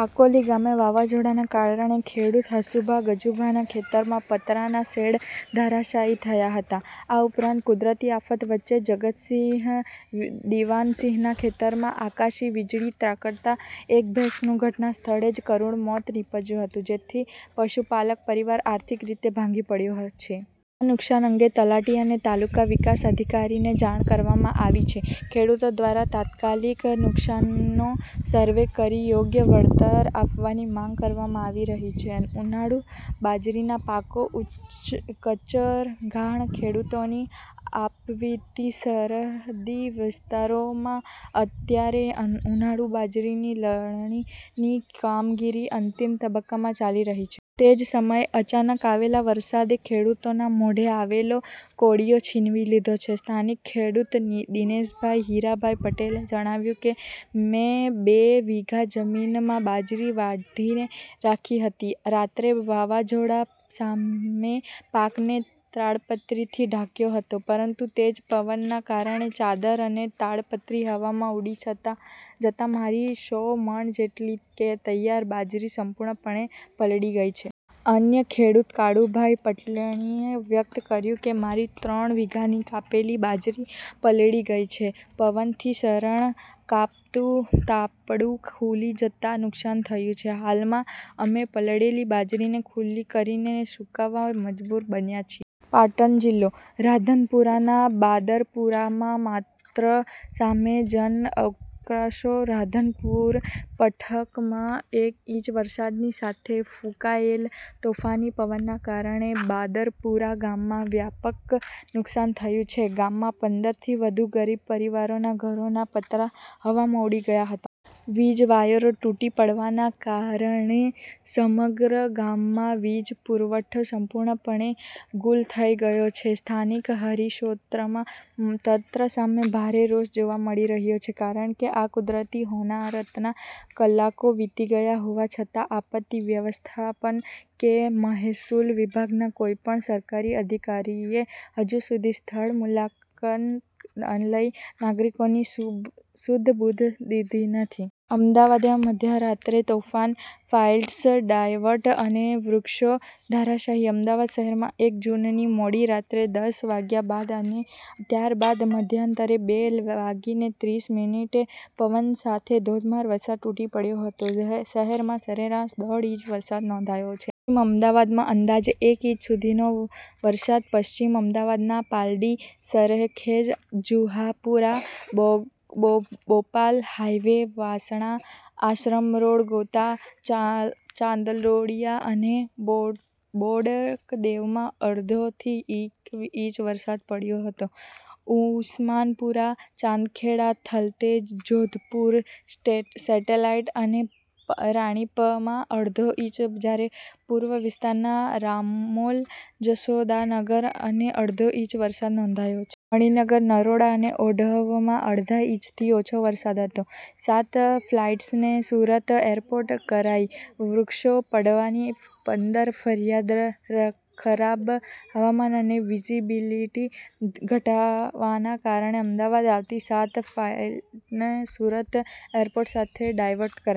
આકોલી ગામે વાવાઝોડાના કારણે ખેડૂત હંસુભા ગજુભાના ખેતરમાં પતરાના શેડ ધરાશાયી થયા હતા. આ ઉપરાંત, કુદરતી આફત વચ્ચે જગતસિંહ દિવાનસિંહના ખેતરમાં આકાશી વીજળી ત્રાકટતાં એક ભેંસનું ઘટનાસ્થળે જ કરુણ મોત નીપજ્યું હતું, જેથી પશુપાલક પરિવાર આર્થિક રીતે ભાંગી પડ્યો છે. આ નુકસાન અંગે તલાટી અને તાલુકા વિકાસ અધિકારીને જાણ કરવામાં આવી છે. ખેડૂતો દ્વારા તાત્કાલિક નુકસાનનો સર્વે કરી યોગ્ય વળતર આપવાની માંગ કરવામાં આવી રહી છે. ઉનાળુ બાજરીના પાકનો કચ્ચરઘાણ: ખેડૂતોની આપવીતી સરહદી વિસ્તારોમાં અત્યારે ઉનાળુ બાજરીની લણણી ની કામગીરી અંતિમ તબક્કામાં ચાલી રહી છે. તે જ સમયે અચાનક આવેલા વરસાદે ખેડૂતોના મોઢે આવેલો કોળિયો છીનવી લીધો છે. સ્થાનિક ખેડૂત દિનેશભાઈ હીરાભાઈ પટેલે જણાવ્યું કે, મેં બે વીઘા જમીનમાં બાજરી વાઢીને રાખી હતી. રાત્રે વાવાઝોડા સામે પાકને તાડપત્રીથી ઢાંક્યો હતો, પરંતુ તેજ પવનના કારણે ચાદર અને તાડપત્રી હવામાં ઊડી જતાં મારી સો મણ જેટલી તૈયાર બાજરી સંપૂર્ણપણે પલળી ગઈ છે. અન્ય ખેડૂત કાળુભાઈ પટણીએ વ્યક્ત કર્યું કે, મારી ત્રણ વીઘાની કાપેલી બાજરી પલળી ગઈ છે. પવનથી શરણ કાંપતું તાપડું ખુલી જતાં નુકસાન થયું છે, હાલમાં અમે પલળેલી બાજરીને ખુલ્લી કરીને જ સુકવવા મજબૂર બન્યા છીએ. પાટણ જિલ્લો: રાધનપુરાના બાદરપુરામાં માત્ર સામે જનઆક્રોશ રાધનપુર પથકમાં એક ઇંચ વરસાદની સાથે ફૂંકાયેલ તોફાની પવનના કારણે બાદરપુરા ગામમાં વ્યાપક નુકસાન થયું છે. ગામમાં પંદર થી વધુ ગરીબ પરિવારોના ઘરોના પતરાં હવામાં ઊડી ગયા હતા. વીજ વાયરો તૂટી પડવાના કારણે સમગ્ર ગામમાં વીજ પુરવઠો સંપૂર્ણપણે ગુલ થઈ ગયો છે. સ્થાનિક રહીશોમાં તંત્ર સામે ભારે રોષ જોવા મળી રહ્યો છે, કારણ કે આ કુદરતી હોનારતના કલાકો વીતી ગયા હોવા છતાં આપત્તિ વ્યવસ્થાપન કે મહેસૂલ વિભાગના કોઈ પણ સરકારી અધિકારીએ હજુ સુધી સ્થળ મુલાકાત લઈ નાગરિકોની સુધબુધ લીધી નથી. અમદાવાદમાં મધ્યરાત્રે તોફાન, ફ્લાઇટ્સ ડાયવર્ટ અને વૃક્ષો ધરાશાયી અમદાવાદ શહેરમાં એક જૂનની મોડી રાત્રે દસ વાગ્યા બાદ અને ત્યારબાદ મધરાતે બે વાગીને ત્રીસ મીનીટે પવન સાથે ધોધમાર વરસાદ તૂટી પડ્યો હતો. શહેરમાં સરેરાશ દોઢ ઇંચ વરસાદ નોંધાયો છે. પશ્ચિમ અમદાવાદમાં અંદાજે એક ઈંચ સુધીનો વરસાદપશ્ચિમ અમદાવાદના પાલડી, સરખેજ, જુહાપુરા, બોપલ, હાઇવે, વાસણા, આશ્રમરોડ, ગોતા, ચાંદલોડિયા અને બોડકદેવમાં અડધો થી એક ઇંચ વરસાદ પડ્યો હતો. ઉસ્માનપુરા, ચાંદખેડા, થલતેજ, જોધપુર, સેટેલાઈટ અને રાણીપમાં અડધો ઇંચ જ્યારે પૂર્વ વિસ્તારના રામોલ, જશોદાનગર અને અડધો ઇંચ વરસાદ નોંધાયો છે. મણિનગર, નરોડા અને ઓઢવમાં અડધા ઇંચથી ઓછો વરસાદ હતો. સાત ફ્લાઇટ્સને સુરત એરપોર્ટ કરાઈ, વૃક્ષો પડવાની પંદર ફરિયાદ ખરાબ હવામાન અને વિઝિબિલિટી ઘટવાના કારણે અમદાવાદ આવતી સાત ફ્લાઇટ્સને સુરત એરપોર્ટ ખાતે ડાયવર્ટ કરાઈ.